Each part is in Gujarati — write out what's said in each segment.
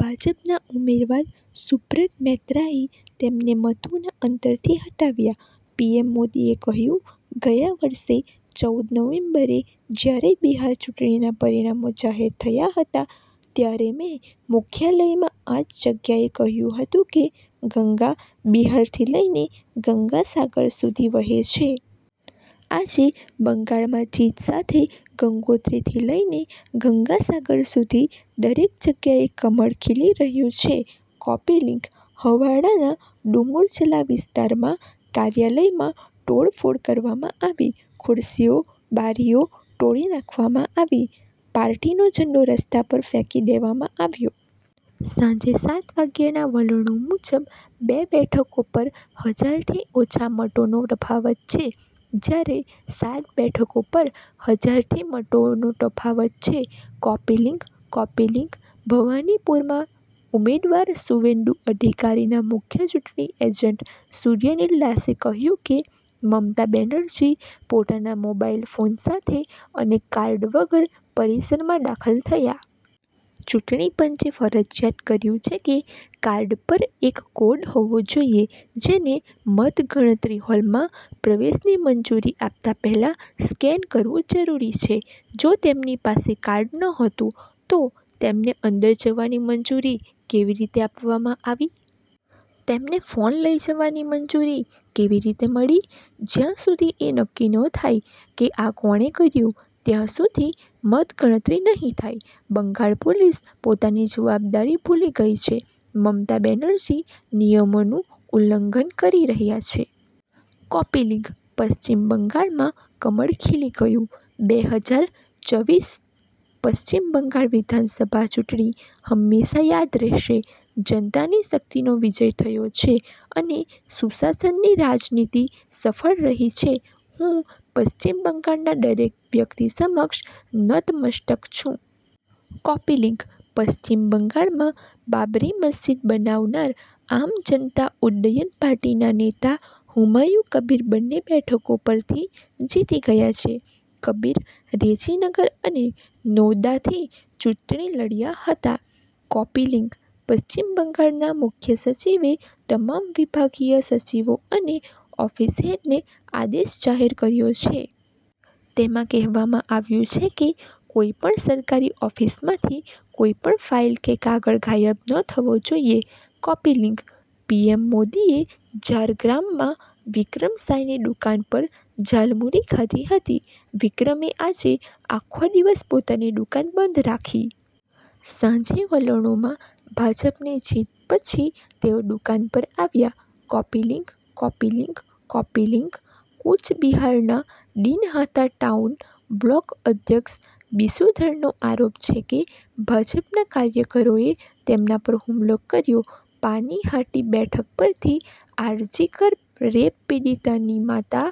ભાજપના ઉમેદવાર શુભ્રત મૈત્રાએ તેમને મતોના અંતરથી હરાવ્યા. પીએમ મોદીએ કહ્યું- ગયા વર્ષે ચૌદ નવેમ્બરે જ્યારે બિહાર ચૂંટણીના પરિણામો જાહેર થયા હતા. ત્યારે મેં મુખ્યાલયમાં આ જ જગ્યાએથી કહ્યું હતું કે ગંગા બિહારથી લઈને ગંગાસાગર સુધી વહે છે. આજે, બંગાળમાં જીત સાથે ગંગોત્રીથી લઈને ગંગાસાગર સુધી દરેક જગ્યાએ કમળ ખીલી રહ્યું છે. કૉપી લિંક હાવડાના ડુમુરજલા વિસ્તારમાં કાર્યાલયમાં તોડફોડ કરવામાં આવી. ખુરશીઓ-બારીઓ તોડી નાખવામાં આવી. પાર્ટીનો ઝંડો રસ્તા પર ફેંકી દેવામાં આવ્યો. સાંજે સાત વાગ્યાના વલણો મુજબ, બે બેઠકો પર હજાર થી ઓછા મતોનો તફાવત છે. જ્યારે સાત બેઠકો પર હજાર થી મતોનો તફાવત છે. કૉપી લિંક કૉપી લિંક ભવાનીપુરમાં ઉમેદવાર સુવેન્દુ અધિકારીના મુખ્ય ચૂંટણી એજન્ટ સૂર્યનિલ દાસે કહ્યું કે, મમતા બેનર્જી પોતાના મોબાઈલ ફોન સાથે અને કાર્ડ વગર પરિસરમાં દાખલ થયા. ચૂંટણી પંચે ફરજિયાત કર્યું છે કે કાર્ડ પર એક કોડ હોવો જોઈએ, જેને મતગણતરી હોલમાં પ્રવેશની મંજૂરી આપતા પહેલા સ્કેન કરવું જરૂરી છે. જો તેમની પાસે કાર્ડ નહોતું, તો તેમને અંદર જવાની મંજૂરી કેવી રીતે આપવામાં આવી? તેમને ફોન લઈ જવાની મંજૂરી કેવી રીતે મળી? જ્યાં સુધી એ નક્કી ન થાય કે આ કોણે કર્યું, ત્યાં સુધી મતગણતરી નહીં થાય. બંગાળ પોલીસ પોતાની જવાબદારી ભૂલી ગઈ છે. મમતા બેનર્જી નિયમોનું ઉલ્લંઘન કરી રહ્યા છે. કૉપી લિંક પશ્ચિમ બંગાળમાં કમળ ખીલી ગયું! બે હજાર ચવીસ પશ્ચિમ બંગાળ વિધાનસભા ચૂંટણી હંમેશા યાદ રહેશે. જનતાની શક્તિનો વિજય થયો છે અને સુશાસનની રાજનીતિ સફળ રહી છે. હું પશ્ચિમ બંગાળના દરેક વ્યક્તિ સમક્ષ નતમસ્તક છું. કૉપી લિંક પશ્ચિમ બંગાળમાં બાબરી મસ્જિદ બનાવનાર આમ જનતા ઉન્નયન પાર્ટીના નેતા હુમાયુ કબીર બંને બેઠકો પરથી જીતી ગયા છે. કબીર રેજીનગર અને નૌદાથી ચૂંટણી લડ્યા હતા. કૉપી લિંક પશ્ચિમ બંગાળના મુખ્ય સચિવે તમામ વિભાગીય સચિવો અને ઓફિસ હેડને આદેશ જાહેર કર્યો છે. તેમાં કહેવામાં આવ્યું છે કે કોઈપણ સરકારી ઓફિસમાંથી કોઈ પણ ફાઈલ કે કાગળ ગાયબ ન થવો જોઈએ. કૉપી લિંક પીએમ મોદીએ ઝારગ્રામમાં વિક્રમ સાયની દુકાન પર ઝાલમુરી ખાધી હતી. વિક્રમે આજે આખો દિવસ પોતાની દુકાન બંધ રાખી. સાંજે વલણોમાં ભાજપની જીત પછી તેઓ દુકાન પર આવ્યા. Copy link copy link copy link Cooch બિહારના દિનહાટા ટાઉન બ્લોક અધ્યક્ષ બિશુધરનો આરોપ છે કે ભાજપના કાર્યકરોએ તેમના પર હુમલો કર્યો. પાનીહાટી બેઠક પરથી આરજીકર રેપ પીડિતાની માતા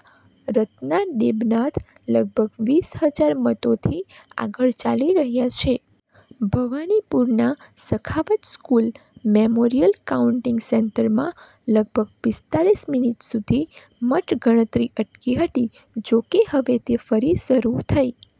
રત્ના દેબનાથ લગભગ વીસ હજાર મતોથી આગળ ચાલી રહ્યા છે. ભવાનીપુરના સખાવત સ્કૂલ મેમોરિયલ કાઉન્ટિંગ સેન્ટરમાં લગભગ પિસ્તાલીસ મિનિટ સુધી મતગણતરી અટકી હતી. જોકે, હવે તે ફરી શરૂ થઈ.